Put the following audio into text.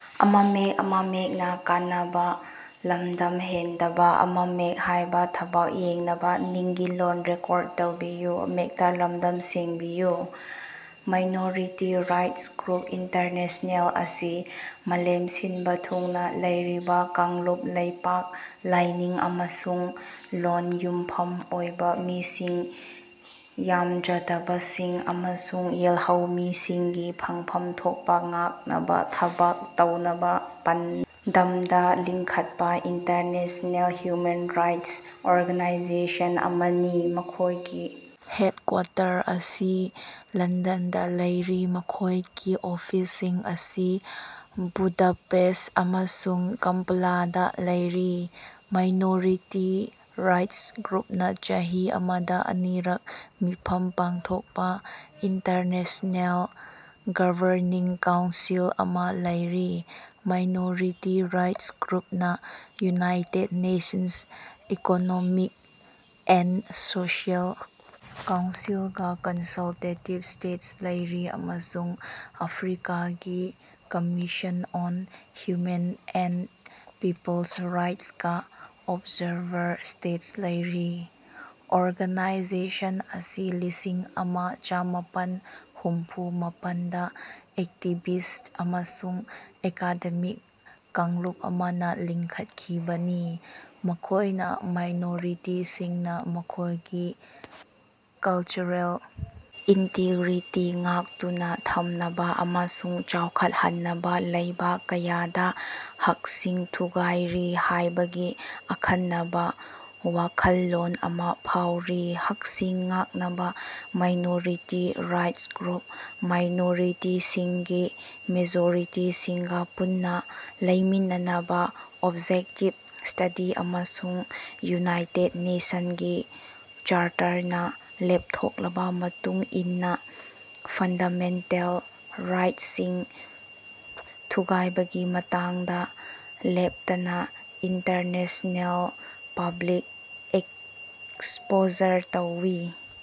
Minority rights group international ꯑꯁꯤ ꯃꯥꯂꯦꯝ ꯁꯤꯟꯕ ꯊꯨꯡꯅ ꯂꯩꯔꯤꯕ ꯀꯥꯡꯂꯨꯞ ꯂꯩꯄꯥꯛ ꯂꯥꯢꯅꯤꯡ ꯑꯃꯁꯨꯡ ꯂꯣꯟꯗ ꯌꯨꯝꯐꯝ ꯑꯣꯢꯕ ꯃꯤꯁꯤꯡ ꯌꯥꯝꯖꯗꯕꯁꯤꯡ ꯑꯃꯁꯨꯡ ꯌꯦꯜꯍꯧꯃꯤꯁꯤꯡꯒꯤ ꯐꯪꯐꯝ ꯊꯣꯛꯄ ꯉꯥꯛꯅꯕ ꯊꯕꯛ ꯇꯧꯅꯕ ꯄꯥꯟꯗꯝꯗ ꯂꯤꯡꯈꯠꯄ ꯏꯟꯇꯔꯅꯦꯁꯅꯦꯜ ꯍ꯭ꯌꯨꯃꯦꯟ ꯔꯥꯏꯠꯁ ꯑꯣꯔꯒꯥꯅꯥꯏꯖꯦꯁꯟ ꯑꯃꯅꯤ꯫ ꯃꯈꯣꯢꯒꯤ ꯍꯦꯗꯀ꯭ꯋꯥꯇꯔ ꯑꯁꯤ ꯂꯟꯗꯟꯗꯥ ꯂꯩꯔꯤ ꯃꯈꯣꯏꯒꯤ ꯑꯣꯐꯤꯁꯁꯤꯡ ꯑꯁꯤ ꯕꯨꯗꯥꯄꯦꯁ꯭ꯠ ꯑꯃꯁꯨꯡ ꯀꯝꯄꯥꯂꯥꯗꯥ ꯂꯩꯔꯤ꯫ ꯃꯥꯢꯅꯣꯔꯤꯇꯤ ꯔꯥꯢꯠ꯭ꯁ ꯒ꯭ꯔꯨꯞ ꯅꯥ ꯆꯍꯤ ꯑꯃꯗꯥ ꯑꯅꯤꯔꯛ ꯃꯤꯐꯝ ꯄꯥꯡꯊꯣꯛꯄꯥ ꯏꯟꯇꯔꯅꯦꯁ꯭ꯅꯦꯜ ꯒꯕꯔꯅꯤꯡ ꯀꯥꯎꯟꯁꯤꯜ ꯑꯃꯥ ꯂꯩꯔꯤ꯫ ꯃꯥꯢꯅꯣꯔꯤꯇꯤ ꯔꯥꯢꯠ꯭ꯁ ꯒ꯭ꯔꯨꯞꯅꯥ United Nations economic and social council ꯒꯥ ꯀꯟꯁꯜꯇꯦꯇꯤꯕ ꯁ꯭ꯇꯦꯇꯁ ꯂꯩꯔꯤ ꯑꯃꯁꯨꯡ ꯑꯐ꯭ꯔꯤꯀꯥꯒꯤ commission on human and peoples ꯔꯥꯏꯠꯁꯀꯥ ꯑꯣꯕꯖꯥꯔꯚꯔ ꯁ꯭ꯇꯦꯇꯁ ꯂꯩꯔꯤ꯫ ꯑꯣꯔꯒꯅꯥꯏꯖꯦꯁꯟ ꯑꯁꯤ ꯂꯤꯁꯤꯡ ꯑꯃ ꯆꯃꯥꯄꯟ ꯍꯨꯝꯐꯨ ꯃꯥꯄꯟꯗꯥ ꯑꯦꯛꯇꯤꯕꯤꯁ꯭ꯠ ꯑꯃꯁꯨꯡ ꯑꯦꯀꯥꯗꯦꯃꯤꯛ ꯀꯥꯡꯂꯨꯞ ꯑꯃꯅꯥ ꯂꯤꯡꯈꯠꯈꯤꯕꯅꯤ ꯃꯈꯣꯏꯅꯥ ꯃꯥꯏꯅꯣꯔꯤꯇꯤꯁꯤꯡꯅꯥ ꯃꯈꯣꯏꯒꯤ ꯀꯂꯆꯔꯦꯜ ꯏꯟꯇꯤꯒ꯭ꯔꯤꯇꯤ ꯉꯥꯛꯇꯨꯅꯥ ꯊꯝꯅꯕꯥ ꯑꯃꯁꯨꯡ ꯆꯥꯎꯈꯠꯍꯟꯅꯕꯥ ꯂꯩꯕꯥꯛ ꯀꯌꯥꯗꯥ ꯍꯛꯁꯤꯡ ꯊꯨꯒꯥꯏꯔꯤ ꯍꯥꯏꯕꯒꯤ ꯑꯈꯟꯅꯕꯥ ꯋꯥꯈꯜꯂꯣꯟ ꯑꯃꯥ ꯐꯥꯎꯔꯤ ꯍꯛꯁꯤꯡ ꯉꯥꯛꯅꯕꯥ ꯃꯥꯢꯅꯣꯔꯤꯇꯤ ꯔꯥꯢꯠ꯭ꯁ ꯒ꯭ꯔꯨꯞ ꯃꯥꯏꯅꯣꯔꯤꯇꯤꯁꯤꯡꯒꯤ ꯃꯦꯖꯣꯔꯤꯇꯤꯁꯤꯡꯒꯥ ꯄꯨꯟꯅꯥ ꯂꯩꯃꯤꯟꯅꯅꯕꯥ ꯑꯣꯕꯖꯦꯛꯇꯤꯕ ꯁ꯭ꯇꯗꯤ ꯑꯃꯁꯨꯡ ꯌꯨꯅꯥꯏꯇꯦꯗ ꯅꯦꯁꯟ ꯒꯤ ꯆꯥꯔꯇꯔꯅꯥ ꯂꯦꯞꯊꯣꯛꯂꯕꯥ ꯃꯇꯨꯡ ꯏꯟꯅꯥ ꯐꯟꯗꯥꯃꯦꯟꯇꯦꯜ ꯔꯥꯏꯠꯁꯤꯡ ꯊꯨꯒꯥꯏꯕꯒꯤ ꯃꯇꯥꯡꯗꯥ ꯂꯦꯞꯇꯅꯥ ꯏꯟꯇꯔꯅꯦꯁ꯭ꯅꯦꯜ ꯄꯕ꯭ꯂꯤꯛ ꯑꯦꯛꯁꯄꯣꯖꯔ ꯇꯧꯏ꯫